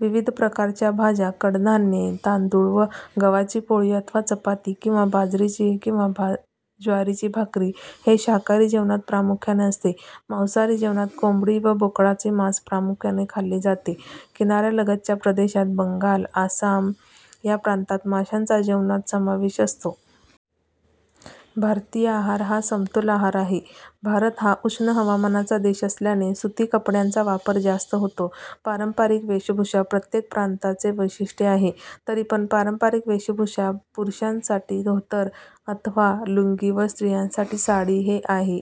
विविध प्रकारच्या भाज्या कडधान्ये, तांदूळ व गव्हाची पोळी अथवा चपाती किंवा बाजरीची / ज्वारीची भाकरी हे शाकाहारी जेवणात प्रामुख्याने असते. मासांहारी जेवणात कोंबडी व बोकडाचे मांस प्रामुख्याने खाल्ले जाते. किनाऱ्यालगतच्या प्रदेशात, बंगाल, आसाम या प्रांतात माशांचा जेवणात समावेश असतो. भारतीय आहार हा समतोल आहार आहे. भारत हा उष्ण हवामानाचा देश असल्याने सुती कपड्यांचा वापर जास्त होतो. पारंपारिक वेषभूषा प्रत्येक प्रांताचे वैशिष्ट्ये आहे. तरीपण पारंपारिक वेषभूषा पुरुषांसाठी धोतर अथवा लुंगी व स्रियांसाठी साडी हे आहे.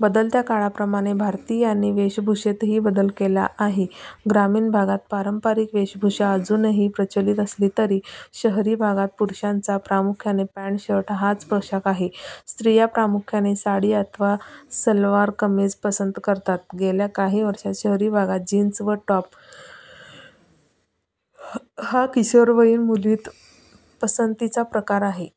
बदलत्या काळाप्रमाणे भारतीयांनी वेषभूषेतही बदल केला आहे. ग्रामीण भागात पारंपारिक वेषभूषा अजूनही प्रचलित असली तरी शहरी भागात पुरुषांचा प्रामुख्याने पँट शर्ट हाच पोषाख आहे. स्रिया प्रामुख्याने साडी अथवा सलवार कमीझ पसंत करतात. गेल्या काही वर्षात शहरी भागात जीन्स व टॉप हा किशोरवयीन मुलींत पसंतीचा प्रकार आहे.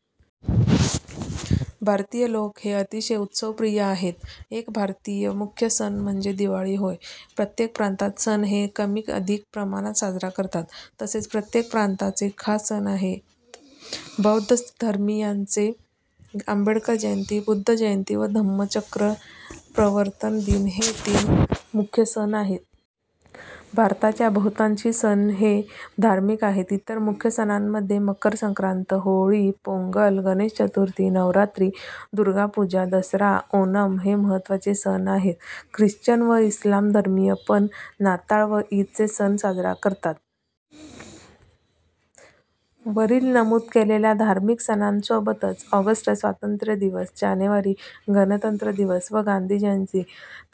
भारतीय लोक हे अतिशय उत्सवप्रिय आहेत. एक भारतीय मुख्य सण म्हणजे दिवाळी होय. प्रत्येक प्रांतात सण हे कमी अधिक प्रमाणात साजरा करतात. तसेच प्रत्येक प्रांताचे खास सण आहेत. बौद्ध धर्मीयांचे आंबेडकर जयंती, बुद्ध जयंती व धम्मचक्र प्रवर्तन दिन हे तीन मुख्य सण आहेत. भारताच्या बहुतांशी सण हे धार्मिक आहेत. इतर मुख्य सणांमध्ये मकरसंक्रांत, होळी, पोंगल, गणेश चतुर्थी, नवरात्री, दुर्गापूजा, दसरा, ओणम हे मह्त्वाचे सण आहेत. ख्रिश्चन व इस्लाम धर्मीय पण नाताळ व ईदचे सण साजरा करतात. वरील नमूद केलेल्या धार्मिक सणांसोबतच ऑगस्ट स्वातंत्र्यदिवस, जानेवारी गणतंत्र दिवस व गांधी जयंती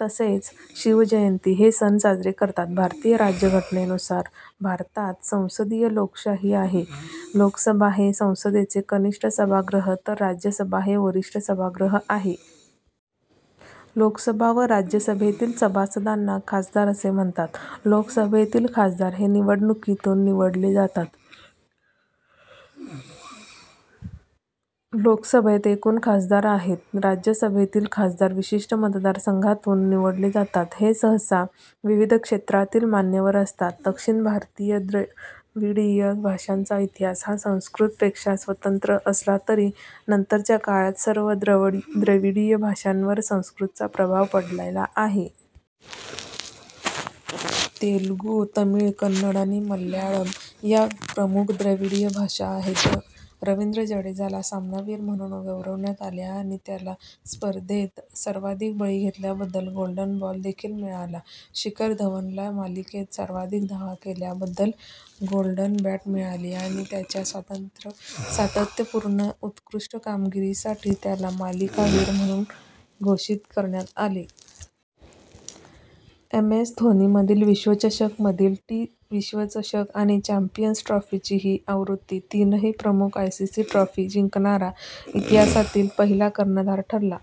तसेच शिवजयंती हे सण साजरे करतात. भारतीय राज्य घटनेनुसार भारतात संसदीय लोकशाही आहे. लोकसभा हे संसदेचे कनिष्ठ सभागृह तर राज्यसभा हे वरिष्ठ सभागृह आहे. लोकसभा व राज्यसभेतील सभासदांना खासदार असे म्हणतात. लोकसभेतील खासदार हे निवडणुकीतून निवडले जातात. लोकसभेत एकूण खासदार आहेत. राज्यसभेतील खासदार विशिष्ट मतदारसंघांतून निवडले जातात. हे सहसा विविध क्षेत्रातील मान्यवर असतात. दक्षिण भारतीय द्रविडीय भाषांचा इतिहास हा संस्कृतपेक्षा स्वतंत्र असला तरी नंतरच्या काळात सर्व द्रविडीय भाषांवर संस्कृतचा प्रभाव पडलेला आहे. तेलुगू, तमिळ, कन्नड आणि मल्याळम या प्रमुख द्रविडीय भाषा आहेत. रवींद्र जडेजाला सामनावीर म्हणून गौरवण्यात आले आणि त्याला स्पर्धेत सर्वाधिक बळी घेतल्याबद्दल "गोल्डन बॉल" देखील मिळाला. शिखर धवनला मालिकेत सर्वाधिक धावा केल्याबद्दल "गोल्डन बॅट" मिळाली आणि त्याच्या सातत्यपूर्ण उत्कृष्ट कामगिरीसाठी त्याला मालिकावीर म्हणूनही घोषित करण्यात आले. एमएस धोनी मधील विश्वचषक, मधील टी- विश्वचषक आणि चॅम्पियन्स ट्रॉफीची ही आवृत्ती तीनही प्रमुख आयसीसी ट्रॉफी जिंकणारा इतिहासातील पहिला कर्णधार ठरला.